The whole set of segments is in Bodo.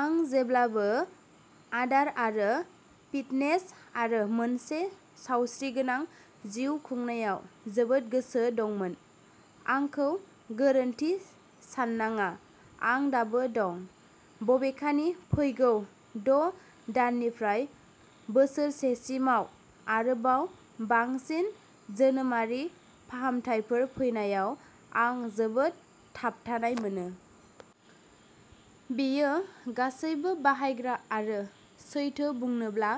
आं जेब्लाबो आदार आरो फिटनेस आरो मोनसे सावस्रिगोनां जिउ खुंनायाव जोबोद गोसो दंमोन। आंखौ गोरोन्थि साननाङा, आं दाबो दं। बबेखानि, फैगौ द‘ दाननिफ्राय बोसोरसेसिमाव आरोबाव बांसिन जोनोमारि फाहामथायफोर फैनायाव, आं जोबोद थाबथानाय मोनो। बेयो गासैबो बाहायग्रा आरो सैथो बुंनोब्ला,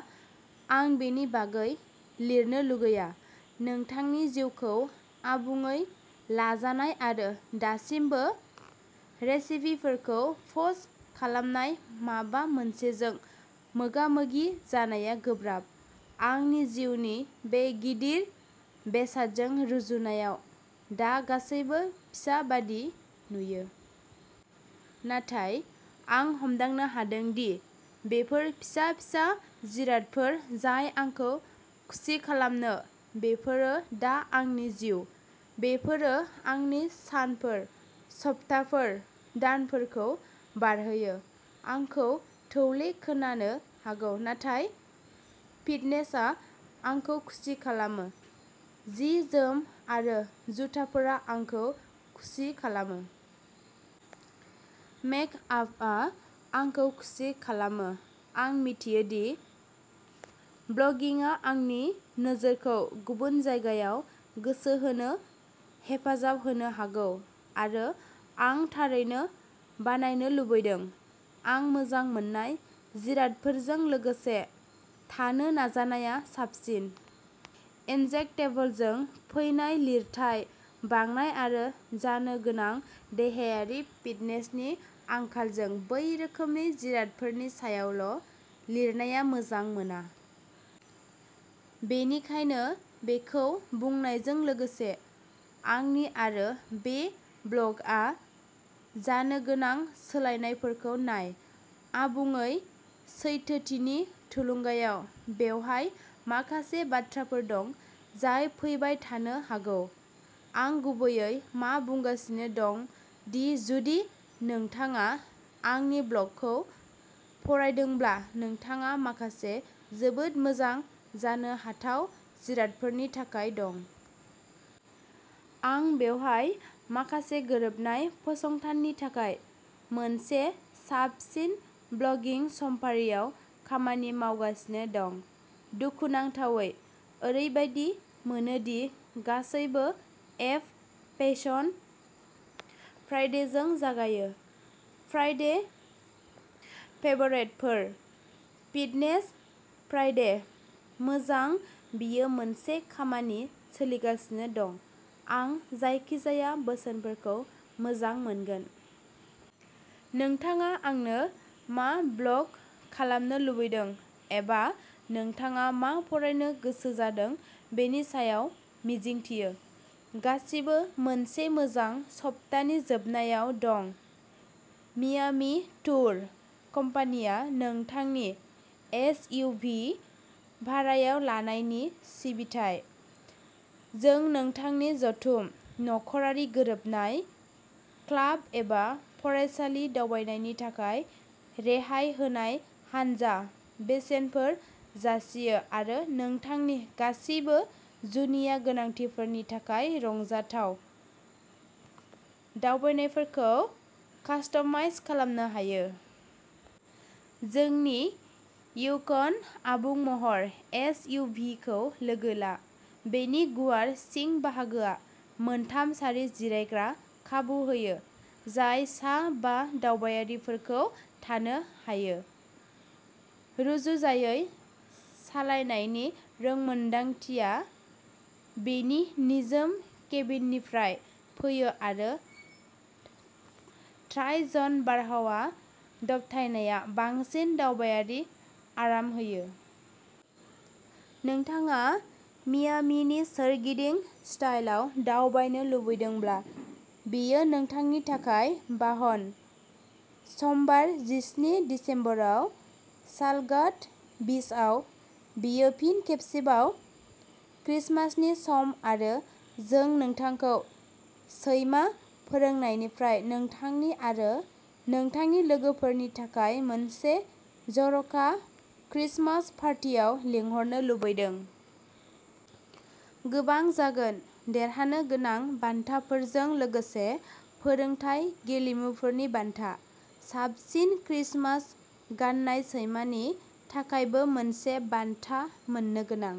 आं बेनि बागै लिरनो लुगैया। नोंथांनि जिउखौ आबुङै लाजानाय आरो दासिमबो रेसिपिफोरखौ पस्ट खालामनाय माबा मोनसेजों मोगा-मोगि जानाया गोब्राब। आंनि जिउनि बे गिदिर बेसादजों रुजुनायाव दा गासैबो फिसा बायदि नुयो। नाथाय, आं हमदांनो हादों दि बेफोर फिसा फिसा जिरादफोर जाय आंखौ खुसि खालामनो बेफोरो दा आंनि जिउ। बेफोरो आंनि सानफोर, सप्ताफोर, दानफोरखौ बारहोयो। आंखौ थौले खोनानो हागौ, नाथाय फिटनेसआ आंखौ खुसि खालामो। जि-जोम आरो जुथाफोरा आंखौ खुसि खालामो। मेकआपआ आंखौ खुसि खालामो आं मिथियो दि ब्लगिंआ आंनि नोजोरखौ गुबुन जायगायाव गोसो होनो हेफाजाब होनो हागौ आरो आं थारैनो बानायनो लुबैदों। आं मोजां मोननाय जिरादफोरजों लोगोसे थानो नाजानाया साबसिन। इनजेक्टेबलजों फैनाय लिरथाय बांनाय आरो जानो गोनां देहायारि फिटनेसनि आंखालजों, बै रोखोमनि जिरादफोरनि सायावल' लिरनाया मोजां मोना। बेनिखायनो बेखौ बुंनायजों लोगोसे, आंनि आरो बे ब्लगआ जानो गोनां सोलायनायफोरखौ नाय। आबुङै सैथोथिनि थुलुंगायाव बेवहाय माखासे बाथ्राफोर दं जाय फैबाय थानो हागौ। आं गुबैयै मा बुंगासिनो दं दि जुदि नोंथाङा आंनि ब्लगखौ फरायदोंब्ला नोंथाङा माखासे जोबोद मोजां जानो हाथाव जिरादफोरनि थाखाय दं। आं बेवहाय माखासे गोरोबनाय फसंथाननि थाखाय मोनसे साबसिन ब्लगिं समफारियाव खामानि मावगासिनो दं। दुखुनांथावै, ओरैबादि मोनो दि गासैबो एफ. फेसन फ्राइडेजों जागायो? फ्राइडे फेभरेटफोर? Fitness Friday? मोजां बेयो मोनसे खामानि सोलिगासिनो दं। आं जायखिजाया बोसोनफोरखौ मोजां मोनगोन। नोंथाङा आंनो मा ब्ल'ग खालामनो लुबैदों एबा नोंथाङा मा फरायनो गोसो जादों बेनि सायाव मिजिंथियो गासिबो मोनसे मोजां सप्तानि जोबनायाव दं मियामी टुर कम्पानिया नोंथांनि एस. इउ. भि. भारायाव लानायनि सिबिथाय। जों नोंथांनि जथुम, नखरारि गोरोबनाय, क्लाब एबा फरायसालि दावबायनायनि थाखाय रेहाय होनाय हानजा बेसेनफोर जासियो आरो नोंथांनि गासिबो जुनिया गोनांथिफोरनि थाखाय रंजाथाव दावबायनायफोरखौ कास्टमाइज खालामनो हायो। जोंनि युकन आबुं महर एस. इउ. भि. खौ लोगो ला। बेनि गुवार सिं बाहागोआ मोनथाम सारि जिरायग्रा खाबु होयो जाय सा बा दावबायारिफोरखौ थानो हायो। रुजुजायै सालायनायनि रोंमोनदांथिया बेनि निजोम केबिननिफ्राय फैयो, आरो ट्राइ-जन बारहावा दबथायनाया बांसिन दावबायारि आराम होयो। नोंथाङा मियामीनि सोरगिदिं स्टाइलआव दावबायनो लुबैदोंब्ला, बेयो नोंथांनि थाखाय बाहन। समबार जिस्नि दिसेम्बर सालगाड' बीचआव। बेयो फिन खेबसेबाव क्रिसमासनि सम आरो जों नोंथांखौ सैमा फोरोंनायनिफ्राय नोंथांनि आरो नोंथांनि लोगोफोरनि थाखाय मोनसे जर'खा क्रिसमास पार्टियाव लिंहरनो लुबैदों। गोबां जागोन। देरहानो गोनां बान्थाफोरजों लोगोसे फोरोंथाय गेलेमुफोरनि बान्था। साबसिन क्रिसमास गाननाय सैमानि थाखायबो मोनसे बान्था मोननो गोनां।